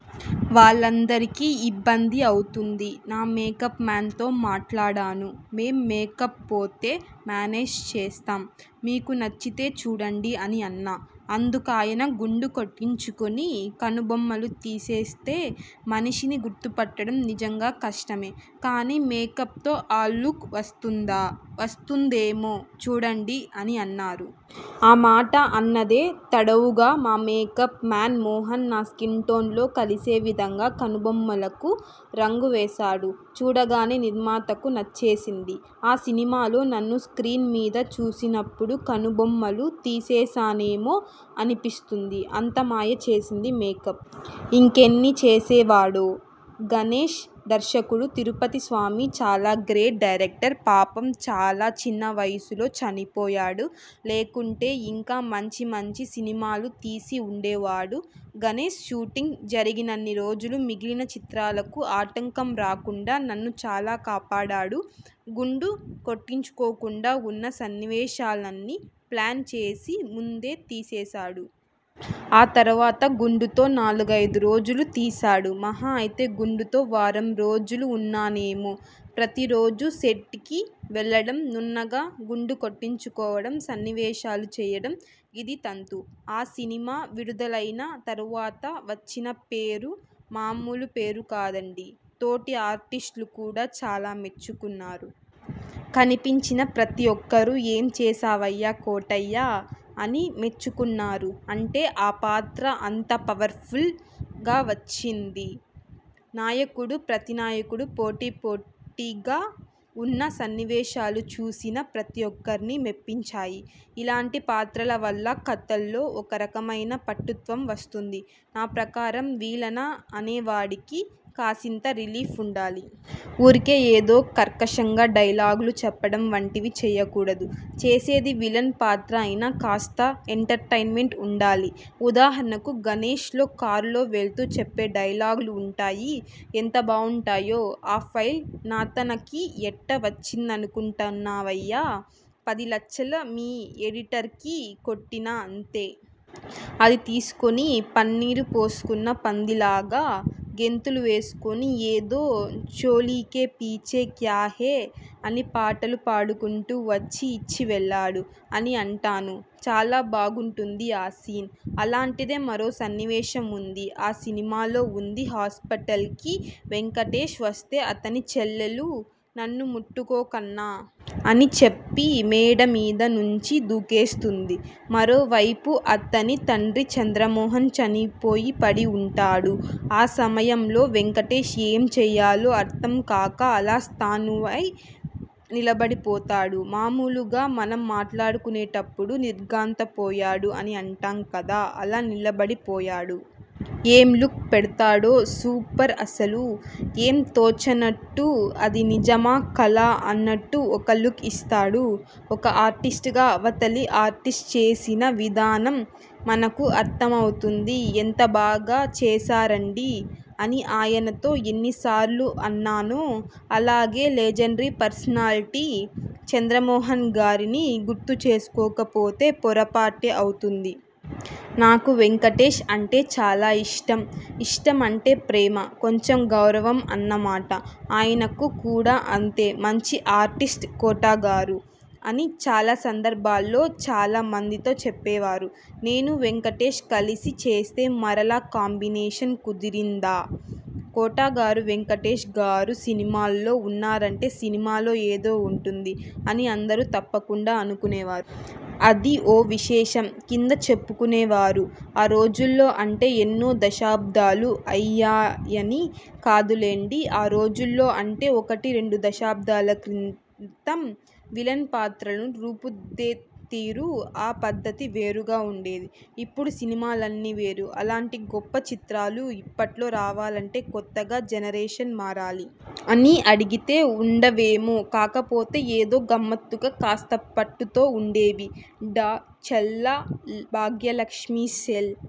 వాళ్లందరికీ ఇబ్బంది అవుతుంది. నా మేకప్ మాన్ తో మాట్లాడాను. మేం మేకప్తో మేనేజ్ చేస్తాం. మీకు నచ్చితే చూడండి' అని అన్నా. అందుకాయన'గుండు కొట్టించుకుని, కనుబొమ్మలు తీసేస్తే మనిషిని గుర్తుపట్టడం నిజంగా కష్టమే. కానీ మేకప్తో ఆ లుక్ వస్తుందా? వస్తుందేమో చూడండి' అని అన్నారు. ఆ మాట అన్నదే తడవుగా మా మేకప్ మేన్ మోహన్ నా స్కిన్ టోన్ లో కలిసే విధంగా కనుబొమ్మలకు రంగు వేశాడు. చూడగానే నిర్మాతకు నచ్చేసింది. ఆ సినిమాలో నన్ను స్ర్కీన్ మీద చూసినప్పుడు కనుబొమ్మలు తీసేశానేమోననే అనిపిస్తుంది. అంత మాయ చేసింది మేకప్. ఇంకెన్ని చేసేవాడో! 'గణేశ్' దర్శకుడు తిరుపతిస్వామి చాలా గ్రేట్ డైరక్టర్. పాపం చాలా చిన్న వయసులో చనిపోయాడు. లేకుంటే ఇంకా మంచి మంచి సినిమాలు తీసి ఉండేవాడు. 'గణేశ్' షూటింగ్ జరిగినన్ని రోజులు మిగిలిన చిత్రాలకు ఆటంకం రాకుండా నన్ను చాలా కాపాడాడు. గుండు కొట్టించుకోకుండా ఉన్న సన్నివేశాలన్నీ ప్లాన చేసి ముందు తీసేశాడు. ఆ తర్వాత గుండుతో నాలుగైదు రోజులు తీశాడు. మహా అయితే గుండుతో వారం రోజులు ఉన్నానేమో. ప్రతిరోజూ సెట్కి వెళ్లడం నున్నగా గుండు కొట్టించుకోవడం, సన్నివేశాలు చేయడం. ఇదీ తంతు. ఆ సినిమా విడుదలైన తర్వాత వచ్చిన పేరు మామూలు పేరు కాదండీ. తోటి ఆర్టిస్టులు కూడా చాలా మెచ్చుకున్నారు. కనిపించిన ప్రతి ఒక్కరూ 'ఏం చేశావయ్యా కోటయ్యా' అని మెచ్చుకున్నారు. అంటే ఆ పాత్ర అంత పవర్ ఫుల్గా వచ్చింది. నాయకుడు, ప్రతినాయకుడు పోటాపోటీగా ఉన్న సన్నివేశాలు చూసిన ప్రతి ఒక్కరినీ మెప్పించాయి. ఇలాంటి పాత్రల వల్ల కథలో ఒకరకమైన పటుత్వం వస్తుంది. నా ప్రకారం విలన అనేవాడికి కాసింత రిలీఫ్ ఉండాలి. ఊరికే ఏదో కర్కశంగా డైలాగులు చెప్పడం వంటివి చేయకూడదు. చేసేది విలన్ పాత్ర అయినా కాస్త ఎంటర్టైనమెంట్ ఉండాలి. ఉదాహరణకు 'గణేశ్'లో కారులో వెళ్తూ చెప్పే డైలాగులు ఉంటాయి. ఎంత బావుంటాయో.. ' ఆ ఫైల్ నాతానకి ఎట్ట వచ్చిందనుకుంటున్నావయ్యా.. పది లచ్చలు మీ ఎడిటర్కి కొట్టినా అంతే. అది తీసుకుని పన్నీరు పోసుకున్న పందిలాగా గెంతులు వేసుకుని ఏదో చోళీకే పీచే క్యాహే అని పాటలు పాడుకుంటూ వచ్చి ఇచ్చి వెళ్లాడు' అని అంటాను. చాలా బావుంటుంది ఆ సీన్. అలాంటిదే మరో సన్నివేశం ఉంది ఆ సినిమాలో ఉంది. హాస్పిటల్కి వెంకటేశ్ వస్తే అతని చెల్లెలు 'నన్ను ముట్టుకోకన్నా.. ' అని చెప్పి మేడమీద నుంచి దూకేస్తుంది. మరో వైపు అతని తండ్రి చంద్రమోహన్ చనిపోయి పడి ఉంటాడు. ఆ సమయంలో వెంకటేశ్ ఏం చేయాలో అర్థం కాక అలా స్థాణువై నిలబడిపోతాడు. మామూలుగా మనం మాట్లాడుకునేటప్పుడు 'నిర్ఘాంతపోయాడు' అని అంటాం కదా.. అలా నిలబడిపోయాడు. ఏం లుక్ పెడతాడో సూపర్ అసలు. ఏం తోచనట్టు అది నిజమా? కలా? అన్నట్టు ఒక లుక్ ఇస్తాడు. ఒక ఆర్టిస్ట్గా అవతలి ఆర్టిస్ట్ చేసిన విధానం మనకు అర్థమవుతుంది. 'ఎంత బాగా చేశారండీ' అని ఆయనతో ఎన్ని సార్లు అన్నానో. అలాగే లెజండ్రీ పర్సనాలిటీ చంద్రమోహన్గారిని గుర్తుచేసుకోకపోతే పొరపాటే అవుతుంది. నాకు వెంకటేశ్ అంటే చాలా ఇష్టం. ఇష్టం అంటే ప్రేమ, కొంచెం గౌరవం అన్నమాట. ఆయనకు కూడా అంతే 'మంచి ఆర్టిస్ట్ కోటగారు' అని చాలా సందర్భాల్లో, చాలా మందితో చెప్పేవారు. నేను, వెంకటేశ్ కలిసి చేస్తే 'మరలా కాంబినేషన్ కుదిరిందా.. 'కోటగారు, వెంకటేశ్గారు సినిమాలో ఉన్నారంటే సినిమాలో ఏదో ఉంటుంది ' అని అందరూ తప్పకుండా అనుకునేవారు. అది ఓ విశేషం కింద చెప్పుకునేవారు. ఆ రోజుల్లో అంటే ఎన్నో దశాబ్దాలు అయ్యాయని కాదులెండి ఆ రోజుల్లో అంటే ఒకటీ, రెండు దశాబ్దాల క్రితం విలన్ పాత్రలను రూపుదిద్దేతీరు, ఆ పద్ధతి వేరుగా ఉండేది. ఇప్పుడు సినిమాలన్నీ వేరు. అలాంటి గొప్ప చిత్రాలు ఇప్పట్లో రావాలంటే కొత్తగా జనరేషన్ మారాలి. అని అడిగితే ఉండవేమో కాకపోతే ఏదో గమ్మత్తుగా, కాస్త పట్టుతో ఉండేవి. డా. చల్లా భాగ్యలక్ష్మి సెల్